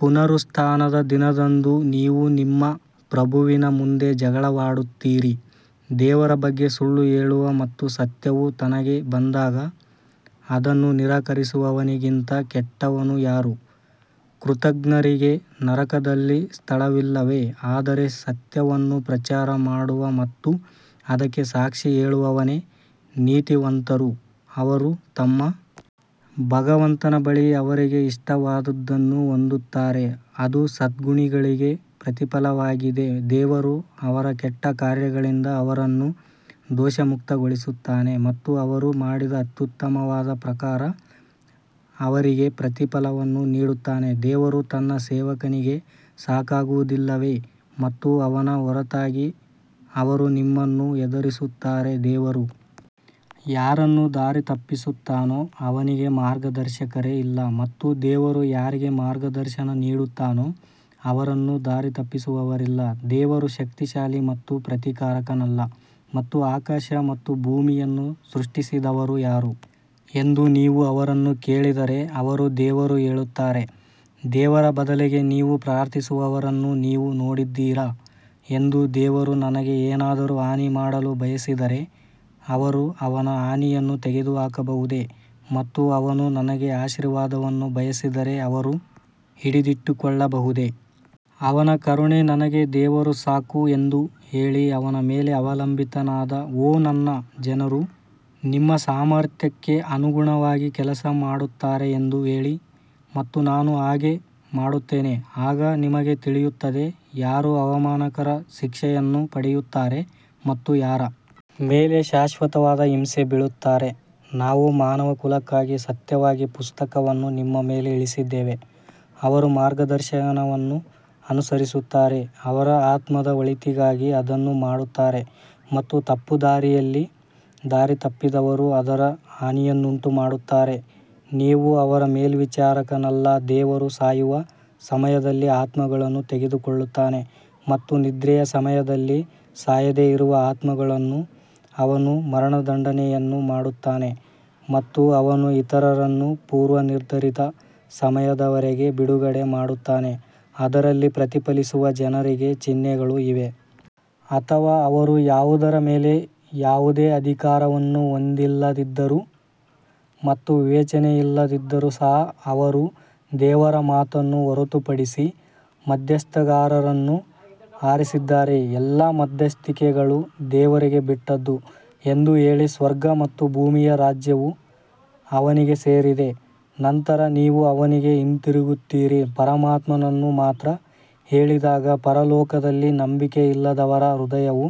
ಪುನರುತ್ಥಾನದ ದಿನದಂದು ನೀವು ನಿಮ್ಮ ಪ್ರಭುವಿನ ಮುಂದೆ ಜಗಳವಾಡುತ್ತೀರಿ ದೇವರ ಬಗ್ಗೆ ಸುಳ್ಳು ಹೇಳುವ ಮತ್ತು ಸತ್ಯವು ತನಗೆ ಬಂದಾಗ ಅದನ್ನು ನಿರಾಕರಿಸುವವನಿಗಿಂತ ಕೆಟ್ಟವನು ಯಾರು? ಕೃತಘ್ನರಿಗೆ ನರಕದಲ್ಲಿ ಸ್ಥಳವಿಲ್ಲವೇ? ಆದರೆ ಸತ್ಯವನ್ನು ಪ್ರಚಾರ ಮಾಡುವ ಮತ್ತು ಅದಕ್ಕೆ ಸಾಕ್ಷಿ ಹೇಳುವವನೇ ನೀತಿವಂತರು ಅವರು ತಮ್ಮ ಭಗವಂತನ ಬಳಿ ಅವರಿಗೆ ಇಷ್ಟವಾದದ್ದನ್ನು ಹೊಂದುತ್ತಾರೆ, ಅದು ಸದ್ಗುಣಿಗಳಿಗೆ ಪ್ರತಿಫಲವಾಗಿದೆ ದೇವರು ಅವರ ಕೆಟ್ಟ ಕಾರ್ಯಗಳಿಂದ ಅವರನ್ನು ದೋಷಮುಕ್ತಗೊಳಿಸುತ್ತಾನೆ ಮತ್ತು ಅವರು ಮಾಡಿದ ಅತ್ಯುತ್ತಮವಾದ ಪ್ರಕಾರ ಅವರಿಗೆ ಪ್ರತಿಫಲವನ್ನು ನೀಡುತ್ತಾನೆ ದೇವರು ತನ್ನ ಸೇವಕನಿಗೆ ಸಾಕಾಗುವುದಿಲ್ಲವೇ ಮತ್ತು ಅವನ ಹೊರತಾಗಿ ಅವರು ನಿಮ್ಮನ್ನು ಹೆದರಿಸುತ್ತಾರೆ, ದೇವರು ಯಾರನ್ನು ದಾರಿತಪ್ಪಿಸುತ್ತಾನೋ ಅವನಿಗೆ ಮಾರ್ಗದರ್ಶಕರೇ ಇಲ್ಲ ಮತ್ತು ದೇವರು ಯಾರಿಗೆ ಮಾರ್ಗದರ್ಶನ ನೀಡುತ್ತಾನೋ ಅವರನ್ನು ದಾರಿತಪ್ಪಿಸುವವರಿಲ್ಲ, ದೇವರು ಶಕ್ತಿಶಾಲಿ ಮತ್ತು ಪ್ರತೀಕಾರಕನಲ್ಲ ಮತ್ತು ಆಕಾಶ ಮತ್ತು ಭೂಮಿಯನ್ನು ಸೃಷ್ಟಿಸಿದವರು ಯಾರು ಎಂದು ನೀವು ಅವರನ್ನು ಕೇಳಿದರೆ, ಅವರು ದೇವರು ಹೇಳುತ್ತಾರೆ, ದೇವರ ಬದಲಿಗೆ ನೀವು ಪ್ರಾರ್ಥಿಸುವವರನ್ನು ನೀವು ನೋಡಿದ್ದೀರಾ ಎಂದು ದೇವರು ನನಗೆ ಏನಾದರೂ ಹಾನಿ ಮಾಡಲು ಬಯಸಿದರೆ ಅವರು ಅವನ ಹಾನಿಯನ್ನು ತೆಗೆದುಹಾಕಬಹುದೇ ಮತ್ತು ಅವನು ನನಗೆ ಆಶೀರ್ವಾದವನ್ನು ಬಯಸಿದರೆ ಅವರು ಹಿಡಿದಿಟ್ಟುಕೊಳ್ಳಬಹುದೇ? ಅವನ ಕರುಣೆ ನನಗೆ ದೇವರು ಸಾಕು ಎಂದು ಹೇಳಿ ಅವನ ಮೇಲೆ ಅವಲಂಬಿತನಾದ ಓ ನನ್ನ ಜನರು ನಿಮ್ಮ ಸಾಮರ್ಥ್ಯಕ್ಕೆ ಅನುಗುಣವಾಗಿ ಕೆಲಸ ಮಾಡುತ್ತಾರೆ ಎಂದು ಹೇಳಿ ಮತ್ತು ನಾನು ಹಾಗೆ ಮಾಡುತ್ತೇನೆ ಆಗ ನಿಮಗೆ ತಿಳಿಯುತ್ತದೆ ಯಾರು ಅವಮಾನಕರ ಶಿಕ್ಷೆಯನ್ನು ಪಡೆಯುತ್ತಾರೆ ಮತ್ತು ಯಾರ ಮೇಲೆ ಶಾಶ್ವತವಾದ ಹಿಂಸೆ ಬೀಳುತ್ತಾರೆ ನಾವು ಮಾನವಕುಲಕ್ಕಾಗಿ ಸತ್ಯವಾಗಿ ಪುಸ್ತಕವನ್ನು ನಿಮ್ಮ ಮೇಲೆ ಇಳಿಸಿದ್ದೇವೆ, ಅವರು ಮಾರ್ಗದರ್ಶನವನ್ನು ಅನುಸರಿಸುತ್ತಾರೆ ಅವರ ಆತ್ಮದ ಒಳಿತಿಗಾಗಿ ಅದನ್ನು ಮಾಡುತ್ತಾರೆ ಮತ್ತು ತಪ್ಪುದಾರಿಯಲ್ಲಿ ದಾರಿತಪ್ಪಿದವರು ಅದರ ಹಾನಿಯನ್ನುಂಟುಮಾಡುತ್ತಾರೆ ನೀವು ಅವರ ಮೇಲ್ವಿಚಾರಕನಲ್ಲ ದೇವರು ಸಾಯುವ ಸಮಯದಲ್ಲಿ ಆತ್ಮಗಳನ್ನು ತೆಗೆದುಕೊಳ್ಳುತ್ತಾನೆ ಮತ್ತು ನಿದ್ರೆಯ ಸಮಯದಲ್ಲಿ ಸಾಯದೆ ಇರುವ ಆತ್ಮಗಳನ್ನು ಅವನು ಮರಣದಂಡನೆಯನ್ನು ಮಾಡುತ್ತಾನೆ ಮತ್ತು ಅವನು ಇತರರನ್ನು ಪೂರ್ವನಿರ್ಧರಿತ ಸಮಯದವರೆಗೆ ಬಿಡುಗಡೆ ಮಾಡುತ್ತಾನೆ, ಅದರಲ್ಲಿ ಪ್ರತಿಫಲಿಸುವ ಜನರಿಗೆ ಚಿಹ್ನೆಗಳು ಇವೆ. ಅಥವಾ ಅವರು ಯಾವುದರ ಮೇಲೆ ಯಾವುದೇ ಅಧಿಕಾರವನ್ನು ಹೊಂದಿಲ್ಲದಿದ್ದರೂ ಮತ್ತು ವಿವೇಚನೆಯಿಲ್ಲದಿದ್ದರೂ ಸಹ ಅವರು ದೇವರ ಮಾತನ್ನು ಹೊರತುಪಡಿಸಿ ಮಧ್ಯಸ್ಥಗಾರರನ್ನು ಆರಿಸಿದ್ದಾರೆ ಎಲ್ಲಾ ಮಧ್ಯಸ್ಥಿಕೆಗಳು ದೇವರಿಗೆ ಬಿಟ್ಟದ್ದು ಎಂದು ಹೇಳಿ ಸ್ವರ್ಗ ಮತ್ತು ಭೂಮಿಯ ರಾಜ್ಯವು ಅವನಿಗೆ ಸೇರಿದೆ ನಂತರ ನೀವು ಅವನಿಗೆ ಹಿಂತಿರುಗುತ್ತೀರಿ ಪರಮಾತ್ಮನನ್ನು ಮಾತ್ರ ಹೇಳಿದಾಗ ಪರಲೋಕದಲ್ಲಿ ನಂಬಿಕೆಯಿಲ್ಲದವರ ಹೃದಯವು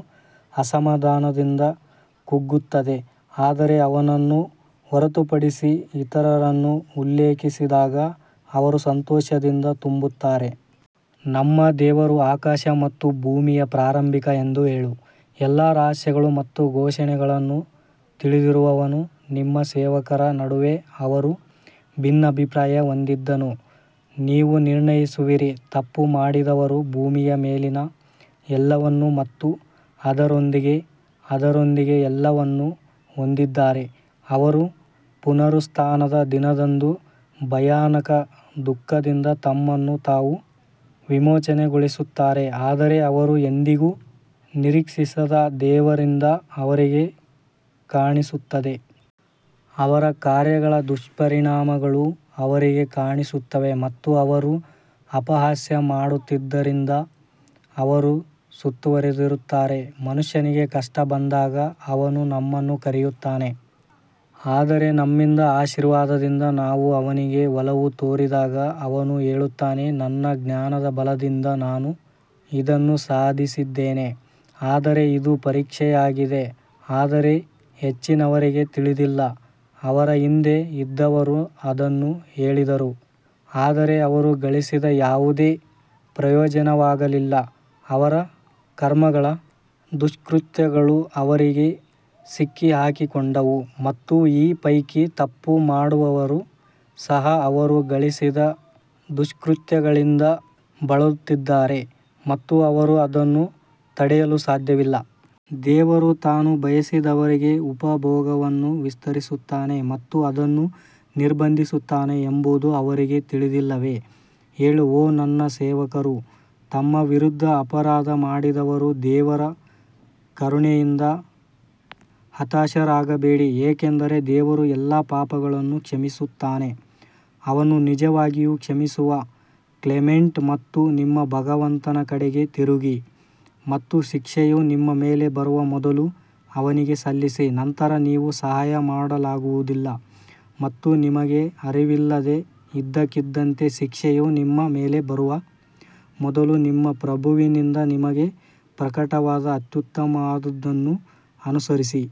ಅಸಮಾಧಾನದಿಂದ ಕುಗ್ಗುತ್ತದೆ ಆದರೆ ಅವನನ್ನು ಹೊರತುಪಡಿಸಿ ಇತರರನ್ನು ಉಲ್ಲೇಖಿಸಿದಾಗ ಅವರು ಸಂತೋಷದಿಂದ ತುಂಬುತ್ತಾರೆ. ನಮ್ಮ ದೇವರು ಆಕಾಶ ಮತ್ತು ಭೂಮಿಯ ಪ್ರಾರಂಭಿಕ ಎಂದು ಹೇಳು, ಎಲ್ಲಾ ರಹಸ್ಯಗಳು ಮತ್ತು ಘೋಷಣೆಗಳನ್ನು ತಿಳಿದಿರುವವನು ನಿಮ್ಮ ಸೇವಕರ ನಡುವೆ ಅವರು ಭಿನ್ನಾಭಿಪ್ರಾಯ ಹೊಂದಿದ್ದನ್ನು ನೀವು ನಿರ್ಣಯಿಸುವಿರಿ. ತಪ್ಪು ಮಾಡಿದವರು ಭೂಮಿಯ ಮೇಲಿನ ಎಲ್ಲವನ್ನೂ ಮತ್ತು ಅದರೊಂದಿಗೆ ಅದರೊಂದಿಗೆ ಎಲ್ಲವನ್ನೂ ಹೊಂದಿದ್ದರೆ ಅವರು ಪುನರುತ್ಥಾನದ ದಿನದಂದು ಭಯಾನಕ ದುಃಖದಿಂದ ತಮ್ಮನ್ನು ತಾವು ವಿಮೋಚನೆಗೊಳಿಸುತ್ತಾರೆ ಆದರೆ ಅವರು ಎಂದಿಗೂ ನಿರೀಕ್ಷಿಸದ ದೇವರಿಂದ ಅವರಿಗೆ ಕಾಣಿಸುತ್ತದೆ. ಅವರ ಕಾರ್ಯಗಳ ದುಷ್ಪರಿಣಾಮಗಳು ಅವರಿಗೆ ಕಾಣಿಸುತ್ತವೆ ಮತ್ತು ಅವರು ಅಪಹಾಸ್ಯ ಮಾಡುತ್ತಿದ್ದರಿಂದ ಅವರು ಸುತ್ತುವರೆದಿರುತ್ತಾರೆ. ಮನುಷ್ಯನಿಗೆ ಕಷ್ಟ ಬಂದಾಗ ಅವನು ನಮ್ಮನ್ನು ಕರೆಯುತ್ತಾನೆ ಆದರೆ ನಮ್ಮಿಂದ ಆಶೀರ್ವಾದದಿಂದ ನಾವು ಅವನಿಗೆ ಒಲವು ತೋರಿದಾಗ ಅವನು ಹೇಳುತ್ತಾನೆ ನನ್ನ ಜ್ಞಾನದ ಬಲದಿಂದ ನಾನು ಇದನ್ನು ಸಾಧಿಸಿದ್ದೇನೆ ಆದರೆ ಇದು ಪರೀಕ್ಷೆಯಾಗಿದೆ ಆದರೆ ಹೆಚ್ಚಿನವರಿಗೆ ತಿಳಿದಿಲ್ಲ ಅವರ ಹಿಂದೆ ಇದ್ದವರು ಅದನ್ನು ಹೇಳಿದರು ಆದರೆ ಅವರು ಗಳಿಸಿದ ಯಾವುದೇ ಪ್ರಯೋಜನವಾಗಲಿಲ್ಲ ಅವರ ಕರ್ಮಗಳ ದುಷ್ಕೃತ್ಯಗಳು ಅವರಿಗೆ ಸಿಕ್ಕಿಹಾಕಿಕೊಂಡವು ಮತ್ತು ಈ ಪೈಕಿ ತಪ್ಪು ಮಾಡುವವರು ಸಹ ಅವರು ಗಳಿಸಿದ ದುಷ್ಕೃತ್ಯಗಳಿಂದ ಬಳಲುತ್ತಿದ್ದಾರೆ ಮತ್ತು ಅವರು ಅದನ್ನು ತಡೆಯಲು ಸಾಧ್ಯವಿಲ್ಲ. ದೇವರು ತಾನು ಬಯಸಿದವರಿಗೆ ಉಪಭೋಗವನ್ನು ವಿಸ್ತರಿಸುತ್ತಾನೆ ಮತ್ತು ಅದನ್ನು ನಿರ್ಬಂಧಿಸುತ್ತಾನೆ ಎಂಬುದು ಅವರಿಗೆ ತಿಳಿದಿಲ್ಲವೇ? ಹೇಳು ಓ ನನ್ನ ಸೇವಕರು ತಮ್ಮ ವಿರುದ್ಧ ಅಪರಾಧ ಮಾಡಿದವರು ದೇವರ ಕರುಣೆಯಿಂದ ಹತಾಶರಾಗಬೇಡಿ ಏಕೆಂದರೆ ದೇವರು ಎಲ್ಲಾ ಪಾಪಗಳನ್ನು ಕ್ಷಮಿಸುತ್ತಾನೆ, ಅವನು ನಿಜವಾಗಿಯೂ ಕ್ಷಮಿಸುವ ಕ್ಲೆಮೆಂಟ್ ಮತ್ತು ನಿಮ್ಮ ಭಗವಂತನ ಕಡೆಗೆ ತಿರುಗಿ ಮತ್ತು ಶಿಕ್ಷೆಯು ನಿಮ್ಮ ಮೇಲೆ ಬರುವ ಮೊದಲು ಅವನಿಗೆ ಸಲ್ಲಿಸಿ ನಂತರ ನೀವು ಸಹಾಯ ಮಾಡಲಾಗುವುದಿಲ್ಲ ಮತ್ತು ನಿಮಗೆ ಅರಿವಿಲ್ಲದೆ ಇದ್ದಕ್ಕಿದ್ದಂತೆ ಶಿಕ್ಷೆಯು ನಿಮ್ಮ ಮೇಲೆ ಬರುವ ಮೊದಲು ನಿಮ್ಮ ಪ್ರಭುವಿನಿಂದ ನಿಮಗೆ ಪ್ರಕಟವಾದ ಅತ್ಯುತ್ತಮವಾದದ್ದನ್ನು ಅನುಸರಿಸಿ.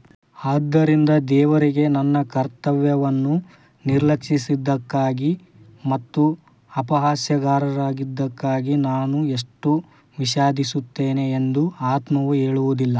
ಆದ್ದರಿಂದ ದೇವರಿಗೆ ನನ್ನ ಕರ್ತವ್ಯವನ್ನು ನಿರ್ಲಕ್ಷಿಸಿದ್ದಕ್ಕಾಗಿ ಮತ್ತು ಅಪಹಾಸ್ಯಗಾರರಾಗಿದ್ದಕ್ಕಾಗಿ ನಾನು ಎಷ್ಟು ವಿಷಾದಿಸುತ್ತೇನೆ ಎಂದು ಆತ್ಮವು ಹೇಳುವುದಿಲ್ಲ.